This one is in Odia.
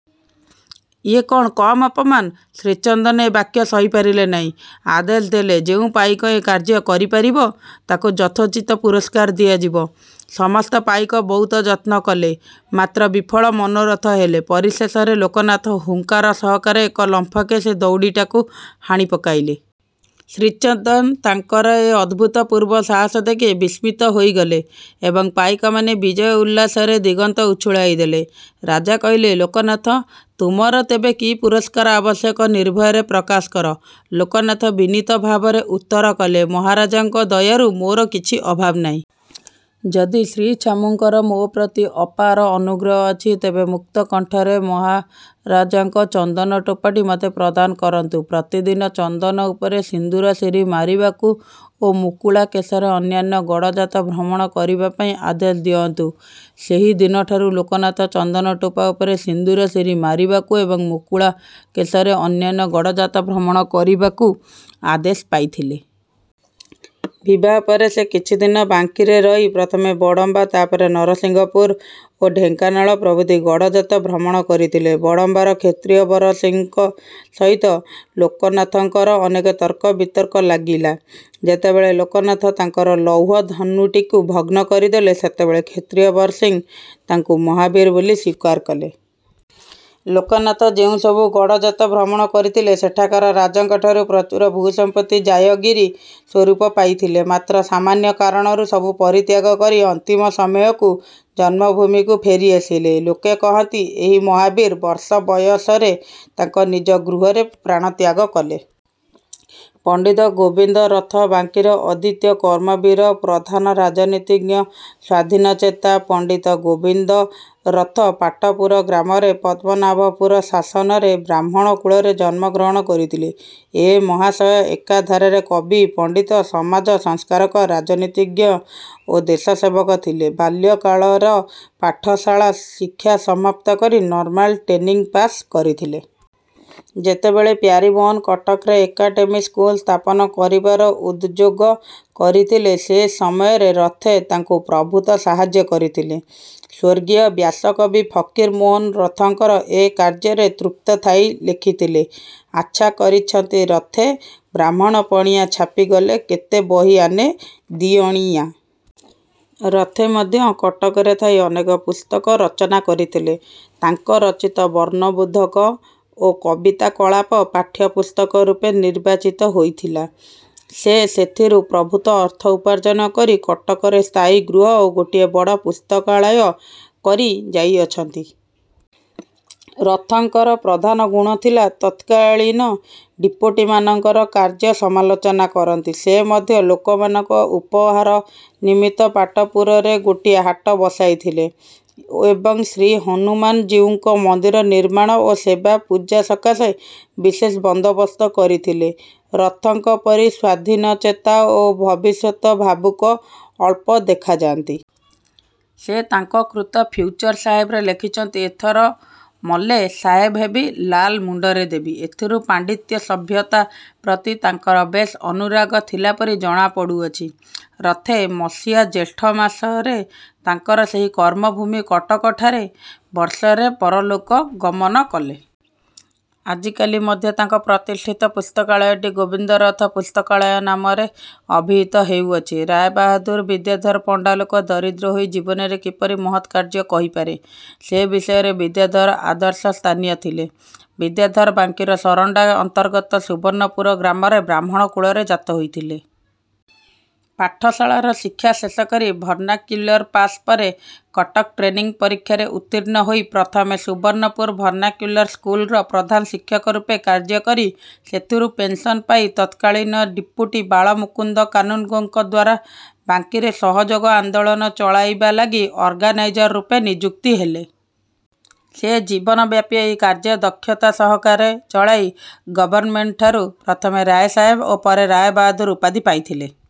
'' ଏ କ'ଣ କମ୍ ଅପମାନ! ଶ୍ରୀଚନ୍ଦନ ଏ ବାକ୍ୟ ସହିପାରିଲେ ନାହିଁ, ଆଦେଶ ଦେଲେ-ଯେଉଁ ପାଇକ ଏ କାର୍ଯ୍ୟ କରିପାରିବ, ତାକୁ ଯଥୋଚିତ ପୁରସ୍କାର ଦିଆଯିବ। ସମସ୍ତ ପାଇକ ବହୁତ ଯତ୍ନ କଲେ; ମାତ୍ର ବିଫଳ ମନୋରଥ ହେଲେ। ପରିଶେଷରେ ଲୋକନାଥ ହୁଙ୍କାର ସହକାରେ ଏକା ଲମ୍ପକେ ସେ ଦଉଡ଼ିଟାକୁ ହାଣି ପକାଇଲେ। ଶ୍ରୀଚନ୍ଦନ ତାଙ୍କର ଏ ଅଭୂତପୂର୍ବ ସାହାସ ଦେଖି ବିସ୍ମିତ ହୋଇଗଲେ ଏବଂ ପାଇକମାନେ ବିଜୟ ଉଲ୍ଲାସରେ ଦିଗନ୍ତ ଉଛୁଳାଇ ଦେଲେ। ରାଜା କହିଲେ, "ଲୋକନାଥ, ତୁମର ତେବେ କି ପୁରସ୍କାର ଆବଶ୍ୟକ, ନିର୍ଭୟରେ ପ୍ରକାଶ କର। '' ଲୋକନାଥ ବିନୀତ ଭାବରେ ଉତ୍ତର କଲେ, "ମହାରାଜାଙ୍କ ଦୟାରୁ ମୋର କିଛି ଅଭାବ ନାହିଁ। ଯଦି ଶ୍ରୀଛାମୁଙ୍କର ମୋପ୍ରତି ଅପାର ଅନୁଗ୍ରହ ହେଉଛି, ତେବେ ମୁକ୍ତକଣ୍ଠରେ ମହାରାଜାଙ୍କ ଚନ୍ଦନ ଟୋପିଟି ମୋତେ। ପ୍ରଦାନ କରନ୍ତୁ। ପ୍ରତିଦିନ ଚନ୍ଦନ ଉପରେ ସିନ୍ଦୂରଶିରି ମାରିବାକୁ ଓ ମୁକୁଳା କେଶରେ ଅନ୍ୟାନ୍ୟ ଗଡ଼ଜାତ ଭ୍ରମଣ କରିବାପାଇଁ ଆଦେଶ ଦିଅନ୍ତୁ। '' ସେହି ଦିନଠାରୁ ଲୋକନାଥ ଚନ୍ଦନ ଟୋପା ଉପରେ ସିନ୍ଦୂରଶିରି ମାରିବାକୁ ଏବଂ ମୁକୁଳା କେଶରେ ଅନ୍ୟାନ୍ୟ ଗଡ଼ଜାତ ଭ୍ରମଣ କରିବାକୁ ଆଦେଶ ପାଇଥିଲେ। ବିବାହ ପରେ ସେ କିଛି ଦିନ ବାଙ୍କୀରେ ରହି ପ୍ରଥମେ ବଡ଼ମ୍ବା, ତାପରେ ନରସିଂହପୁର ଓ ଢେଙ୍କାନାଳ ପ୍ରଭୃତି ଗଡ଼ଜାତ ଭ୍ରମଣ କରିଥିଲେ। ବଡ଼ମ୍ବାର କ୍ଷତ୍ରିୟବର ସିଂହଙ୍କ ସହିତ ଲୋକନାଥଙ୍କର ଅନେକ ତର୍କ ବିତର୍କ ଲାଗିଲା। ଯେତେବେଳେ ଲୋକନାଥ ତାଙ୍କର ଲୌହ ଧନୁଟିକୁ ଭଗ୍ନ କରିଦେଲେ, ସେତେବେଳେ କ୍ଷତ୍ରିୟବର ସିଂହ ତାଙ୍କୁ ମହାବୀର ବୋଲି ସ୍ଵୀକାର କଲେ। ଲୋକନାଥ ଯେଉଁସବୁ ଗଡ଼ଜାତ ଭ୍ରମଣ କରିଥିଲେ, ସେଠାକାର ରାଜାଙ୍କଠାରୁ ପ୍ରଚୁର ଭୂସମ୍ପତି ଜାୟଗିର ସ୍ୱରୂପ ପାଇଥିଲେ। ମାତ୍ର ସାମାନ୍ୟ କାରଣରୁ ସବୁ ପରିତ୍ୟାଗ କରି ଅନ୍ତିମ ସମୟକୁ ଜନ୍ମଭୂମିକୁ ଫେରି ଆସିଲେ। ଲୋକେ କହନ୍ତି, ଏହି ମହାବୀର ବର୍ଷ ବୟସରେ ତାଙ୍କ ନିଜ ଗୃହରେ ପ୍ରାଣତ୍ୟାଗ କଲେ। ପଣ୍ଡିତ ଗୋବିନ୍ଦ ରଥ ବାଙ୍କୀର ଅଦ୍ଵିତୀୟ କର୍ମବୀର, ପ୍ରଧାନ ରାଜନୀତିଜ୍ଞ, ସ୍ଵାଧୀନଚେତା, ପଣ୍ଡିତ ଗୋବିନ୍ଦ ରଥ ପାଟପୁର ଗ୍ରାମରେ ପଦ୍ମନାଭପୁର ଶାସନରେ ବ୍ରାହ୍ମଣ କୂଳରେ ଜନ୍ମଗ୍ରହଣ କରିଥିଲେ। ଏ ମହାଶୟ ଏକଧାରାରେ କବି, ପଣ୍ଡିତ, ସମାଜ−ସଂସ୍କାରକ, ରାଜନୀତିଜ୍ଞ ଓ ଦେଶସେବକ ଥିଲେ। ବାଲ୍ୟକାଳର ପାଠଶାଳା ଶିକ୍ଷା ସମାପ୍ତ କରି ନର୍ମାଲ ଟେନିଂ ପାଶ୍ କରିଥିଲେ। ଯେତେବେଳେ ପ୍ୟାରୀମୋହନ କଟକରେ ଏକାଡେମୀ ସ୍କୁଲ ସ୍ଥାପନ କରିବାର ଉଦଯୋଗ କରିଥିଲେ, ସେ ସମୟରେ ରଥେ ତାଙ୍କୁ ପ୍ରଭୂତ ସାହାଯ୍ୟ କରିଥିଲେ। ସ୍ଵର୍ଗୀୟ ବ୍ୟାସକବି ଫକୀରମୋହନ ରଥଙ୍କର ଏ କାର୍ଯ୍ୟରେ ତୃପ୍ତ ଥାଇ ଲେଖିଥିଲେ- "ଆଛା କରିଛନ୍ତି ରଥେ ବ୍ରାହ୍ମଣପଣିଆ ଛାପିଗଲେ କେତେ ବହି ଆନେ ଦ୍ଵିଅଣିଆ। '' ରଥେ ମଧ୍ୟ କଟକରେ ଥାଇ ଅନେକ ପୁସ୍ତକ ରଚନା କରିଥିଲେ। ତାଙ୍କ ରଚିତ "ବର୍ଣ୍ଣବୋଧକ" ଓ "କବିତାକଳାପ" ପାଠ୍ୟପୁସ୍ତକ ରୂପେ ନିର୍ବାଚିତ ହୋଇଥିଲା। ସେ ସେଥିରୁ ପ୍ରଭୂତ ଅର୍ଥ ଉପାର୍ଜନ କରି କଟକରେ ସ୍ଥାୟୀ ଗୃହ ଓ ଗୋଟିଏ ବଡ଼ ପୁସ୍ତକାଳୟ କରି ଯାଇଅଛନ୍ତି-। ରଥଙ୍କର ପ୍ରଧାନ ଗୁଣଥିଲା ତତ୍କାଳୀନ ଡିପୋଟିମାନଙ୍କର କାର୍ଯ୍ୟ ସମାଲୋଚନା କରନ୍ତି। ସେ ମଧ୍ୟ ଲୋକମାନଙ୍କ ଉପହାର ନିମିତ୍ତ ପାଟପୁରରେ ଗୋଟିଏ ହାଟ ବସାଇଥିଲେ ଏବଂ ଶ୍ରୀହନୁମାନ ଜୀଉଙ୍କ ମନ୍ଦିର ନିର୍ମାଣ ଓ ସେବାପୂଜା ସକାଶେ ବିଶେଷ ବନ୍ଦୋବସ୍ତ କରିଥିଲେ-। ରଥଙ୍କ ପରି ସ୍ଵାଧୀନଚେତା ଓ ଭବିଷ୍ୟତ୍ ଭାବୁକ ଅଳ୍ପ ଦେଖାଯାନ୍ତି। ସେ ତାଙ୍କ କୃତ "ଫିଉଚର୍ ସାହେବ"ରେ ଲେଖିଛନ୍ତି- "ଏଥର ମଲେ ସାହେବ ହେବି ଲାଲ ମୁଣ୍ଡରେ ଦେବି। '' ଏଥିରୁ ପାଣ୍ଡିତ୍ୟ ସଭ୍ୟତା ପ୍ରତି ତାଙ୍କର ବେଶ୍ ଅନୁରାଗ ଥିଲା ପରି ଜଣା ପଡ଼ୁଅଛି। ରଥେ ମସିହା ଜ୍ୟେଷ୍ଠମାସରେ ତାଙ୍କର ସେହି କର୍ମଭୂମି କଟକଠାରେ ବର୍ଷରେ ପରଲୋକ ଗମନ କଲେ। ଆଜିକାଲି ମଧ୍ୟ ତାଙ୍କ ପ୍ରତିଷ୍ଠିତ ପୁସ୍ତକାଳୟଟି "ଗୋବିନ୍ଦରଥ ପୁସ୍ତକାଳୟ'' ନାମରେ ଅଭିହିତ ହେଉଅଛି। ରାୟବାହାଦୂର ବିଦ୍ୟାଧର ପଣ୍ଡା ଲୋକ ଦରିଦ୍ର ହୋଇ ଜୀବନରେ କିପରି ମହତ୍କାର୍ଯ୍ୟ କହିପାରେ, ସେ ବିଷୟରେ ବିଦ୍ୟାଧର ଆଦର୍ଶସ୍ଥାନୀୟ ଥିଲେ। ବିଦ୍ୟାଧର ବାଙ୍କୀର ସରଣ୍ଡା ଅନ୍ତର୍ଗତ ସୁବର୍ଣ୍ଣପୁର ଗ୍ରାମରେ ବ୍ରାହ୍ମଣ କୁଳରେ ଜାତ ହୋଇଥିଲେ। ପାଠଶାଳାର ଶିକ୍ଷା ଶେଷ କରି ଭର୍ଣ୍ଣାକ୍ୟୁଲର ପାଶ୍ ପରେ କଟକ ଟ୍ରେନିଂ ପରୀକ୍ଷାରେ ଉତ୍ତୀର୍ଣ୍ଣ ହୋଇ ପ୍ରଥମେ ସୁବର୍ଣ୍ଣପୁର ଭର୍ଣ୍ଣାକ୍ୟୁଲର ସ୍କୁଲର ପ୍ରଧାନ ଶିକ୍ଷକ ରୂପେ କାର୍ଯ୍ୟ କରି ସେଥିରୁ ପେନସନ୍ ପାଇ ତତ୍କାଳୀନ ଡିପୋଟି ବାଳମୁକୁନ୍ଦ କାନୁନ୍ଗୋଙ୍କ ଦ୍ଵାରା ବାଙ୍କୀରେ ସହଯୋଗ ଆନ୍ଦୋଳନ ଚଳାଇବା ଲାଗି ଅର୍ଗାନାଇଜର ରୂପେ ନିଯୁକ୍ତ ହେଲେ। ସେ ଜୀବନ ବ୍ୟାପି ଏହି କାର୍ଯ୍ୟ ଦକ୍ଷତା ସହକାରେ ଚଳାଇ ଗଭର୍ଣ୍ଣମେଣ୍ଟଙ୍କଠାରୁ ପ୍ରଥମେ ରାୟସାହେବ ଓ ପରେ ରାୟବାହାଦୂର ଉପାଧି ପାଇଥିଲେ।